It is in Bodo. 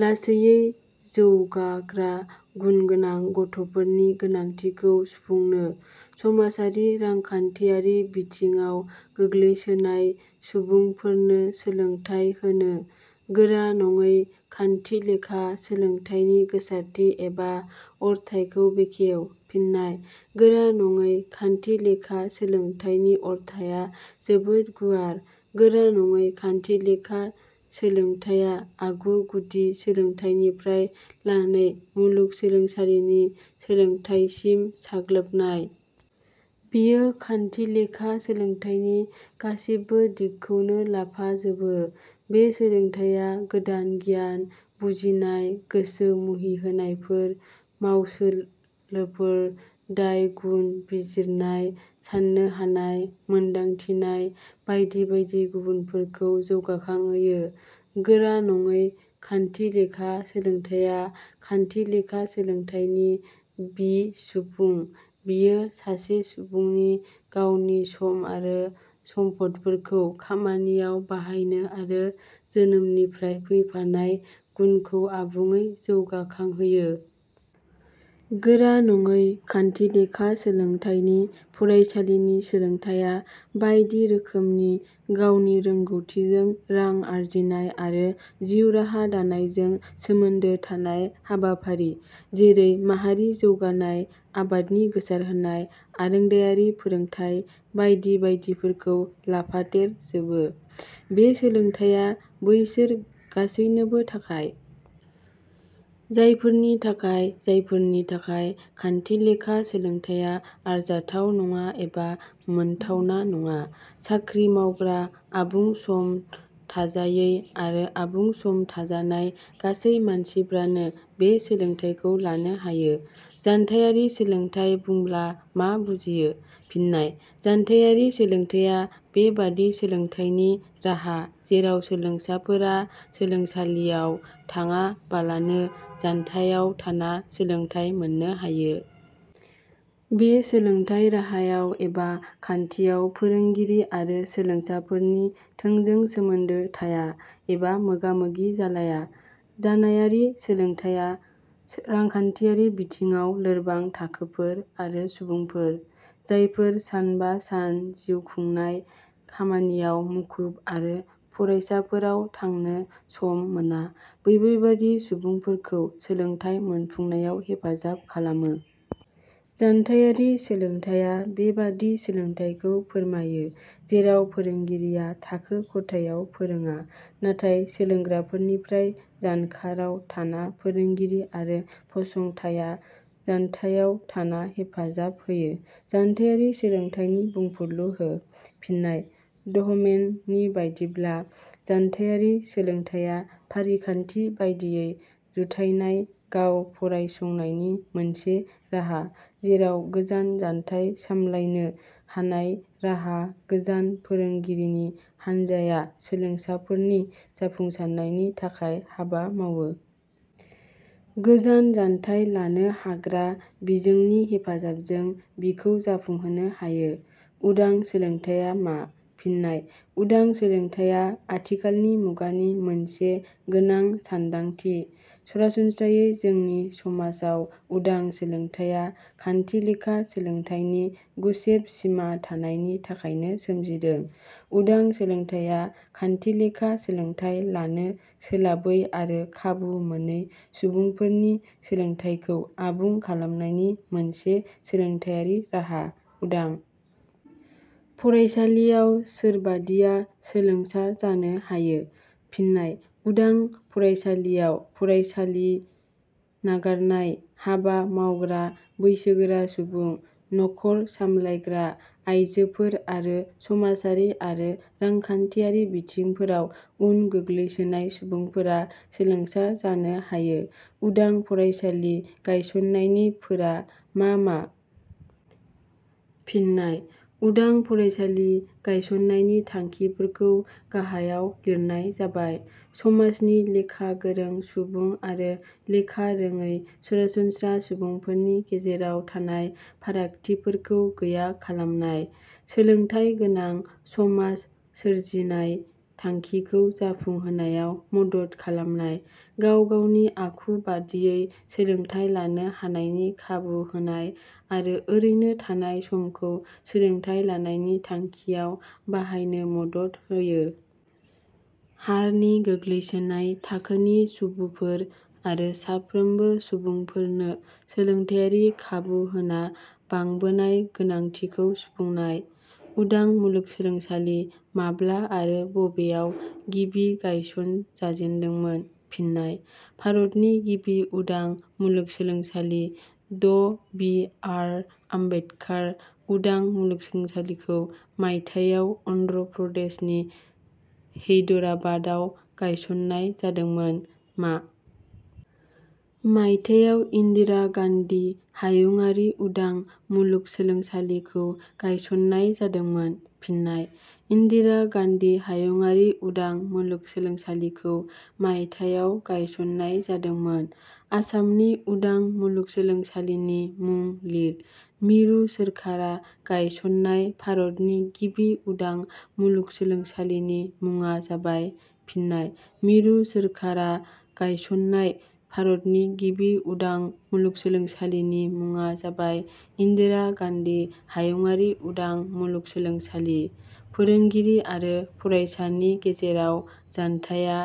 लासैयै जौगाग्रा गुनगोनां गथ'फोरनि गोनांथिखौ सुफुंनो।. समाजारि रांखान्थियारि बिथिङाव गोग्लैसोनाय सुबुंफोरनो सोलोंथाइ होनो।.गोरा नङै खान्थिलेखा सोलोंथाइनि गोसारथि एबा अरथाइखौ बेखेव। फिन्नाय: गोरा नङै खान्थिलेखा सोलोंथाइनि अरथाइया जोबोर गुवार। गोरा नङै खान्थिलेखा सोलोंथाइया आगु गुदि सोलोंथाइनिफ्राय लानानै मुलुगसोलोंसालिनि सोलोंथाइ सिम साग्लोबनाय। बेयो खान्थिलेखा सोलोंथाइनि गासिबो दिगखौनो लाफाजोबो। बे सोलोंथाइया गोदान गियान, बुजिनाय, गोसो मुहिहोनायफोर, मावसोलोफोर, दाय – गुन बिजिरनाय, साननो हानाय, मोनदांथिनाय बायदि बायदि गुबुनफोरखौ जौगाखांहोयो। गोरा नङै खान्थिलेखा सोलोंथाइया खान्थिलेखा सोलोंथाइनि बिसुफुं। बेयो सासे सुबुंनि गावनि सम आरो सम्पदफोरखौ खामानिआव बाहायनो आरो जोनोमनिफ्राय फैफानाय गुनखौ आबुङै जौगाखांहोयो। गोरा नङै खान्थिलेखा सोलोंथाइनि फरायसालिनि सोलोंथाइया बायदि रोखोमनि गावनि रोंगौथिजों रां आरजिनाय आरो जिउ राहा दानायजों सोमोन्दो थानाय हाबाफारि जेरै माहारि जौगानाय आबादनि गोसारहोनाय, आरोंदायारि फोरोंथाइ बायदि बायदिफोरखौ लाफादेर जोबो। बे सोलोंथाइया बैसोर गासैनोबो थाखाय। जायफोरनि थाखाय जायफोरनि थाखाय खान्थिलेखा सोलोंथाइया आरजाथाव नङा एबा मोनथावना नङा। साख्रि मावग्रा, आबुं सम थाजायै आरो आबुं सम थाजानाय गासै मानसिफ्रानो बे सोलोंथाइखौ लानो हायो।. जानथाइयारि सोलोंथाइ बुंब्ला मा बुजियो? फिन्नाय: जानथाइयारि सोलोंथाइया बे बादि सोलोंथाइनि राहा जेराव सोलोंसाफोरा सोलोंसालियाव थांआबालानो जानथाइयाव थाना सोलोंथाइ मोननो हायो। बे सोलोंथाइ राहायाव एबा खान्थियाव फोरोंगिरि आरो सोलोंसाफोरनि थोंजों सोमोन्दो थाया एबा मोगा मोगि जालाया। जानायाइयारि सोलोंथाइया रांखान्थियारि बिथिङाव लोरबां थाखोफोर आरो सुबुंफोर, जायफोर सान बा सान जिउखुंनाय खामानियाव मुखुब आरो फरायसाफोराव थांनो सम मोना बेफोरबादि सुबुंफोरखौ सोलोंथाइ मोनफुंनायाव हेफाजाब खालामो। जानथाइयारि सोलोंथाइया बे बादि सोलोंथाइखौ फोरमायो जेराव फोरोंगिरिया थाखो खथायाव फोरोंआ, नाथाय सोलोंग्राफोरनिफ्राय जानखाराव थाना फोरोंगिरि आरो फसंथाइया जानथाइयाव थाना हेफाजाब होयो।.जानथाइयारि सोलोंथाइनि बुंफुरलु हो। फिन्नाय: दहमेन नि बादिब्ला, " जानथाइयारि सोलोंथाइया फारिखान्थि बादियै जुथायनाय गाव फरायसंनायनि मोनसे राहा जेराव गोजान जानथाइ सामलायनो हानाय राहा गोजान फोरोंगिरिनि हानजाया सोलोंसाफोरनि जाफुंसारनायनि थाखाय हाबा मावो। गोजान जानथाइ लानो हाग्रा बिजोंनि हेफाजाबजों बिखौ जाफुंहोनो हायो। ".उदां सोलोंथाइया मा? फिन्नाय: उदां सोलोंथाइया आथिखालनि मुगानि मोनसे गोनां सान्दांथि। सरासनस्रायै जोंनि समाजाव उदां सोलोंथाइया खान्थिलेखा सोलोंथाइनि गुसेब सिमा थानायनि थाखायनो सोमजिदों। उदां सोलोंथाइया खान्थिलेखा सोलोंथाइ लानो सोलाबै आरो खाबु मोनै सुबुंफोरनि सोलोंथाइखौ आबुं खालामनायनि मोनसे सोलोंथाइयारि राहा।.उदां फरायसालियाव सोरबादिया सोलोंसा जानो हायो? फिन्नाय: उदां फरायसालियाव फरायसालि नागारनाय, हाबा मावग्रा बैसोगोरा सुबुं, नख 'र सामलायग्रा आइजोफोर आरो समाजारि आरो रांखान्थियारि बिथिंफोराव उन गोग्लैसोनाय सुबुंफोरा सोलोंसा जानो हायो।. उदां फरायसालि गायसननायनि फोरा मा मा? फिन्नाय :उदां फरायसालि गायसननायनि थांखिफोरखौ गाहायाव लिरनाय जाबाय:. समाजनि लेखा गोरों सुबुं आरो लेखा रोङै सरासनस्रा सुबुंफोरनि गेजेराव थानाय फारागथिफोरखौ गैया खालामनाय।. सोलोंथाइ गोनां समास सोरजिनाय थांखिखौ जाफुंहोनायाव मदद खालामनाय. गाव गावनि आखु बादियै सोलोंथाइ लानो हानायनि खाबु होनाय आरो ओरैनो थानाय समखौ सोलोंथाइ लानायनि थांखियाव बाहायनो मदद होयो।. हारनि गोग्लैसोनाय थाखोनि सुबुफोर आरो साफ्रोमबो सुबुंफोरनो सोलोंथाइयारि खाबुहोना बांबोनाय गोनांथिखौ सुफुंनाय।.उदां मुलुगसोलोंसालि माब्ला आरो बबेयाव गिबि गायसन जाजेनदोंमोन? फिन्नाय: भारतनि गिबि उदां मुलुगसोलोंसालि ड बि. आर. आम्बेदकार उदां मुलुगसोलोंसालिखौ मायथाइयाव अन्ध्र प्रदेशनि हैदराबादआव गायसननाय जादोंमोन।.मा मायथाइयाव इन्दिरा गान्धी हायुंङारि उदां मुलुगसोलोंसालिखौ गायसंनाय जादोंमोन? फिन्नाय: इन्दिरा गान्धी हायुंङारि उदां मुलुगसोलोंसालिखौ मायथाइयाव गायसननाय जादोंमोन।.आसामनि उदां मुलुगसोलोंसालिनि मुं लिर।.मिरु सोरखारा गायसननाय भारतनि गिबि उदां मुलुगसोलोंसालिनि मुंङा जाबाय………. फिन्नाय: मिरु सोरखारा गायसननाय भारतनि गिबि उदां मुलुगसोलोंसालिनि मुंङा जाबाय इन्दिरा गान्धी हायुंङारि उदां मुलुगसोलोंसालि।.फोरोंगिरि आरो फरायसानि गेजेराव जानथाइया……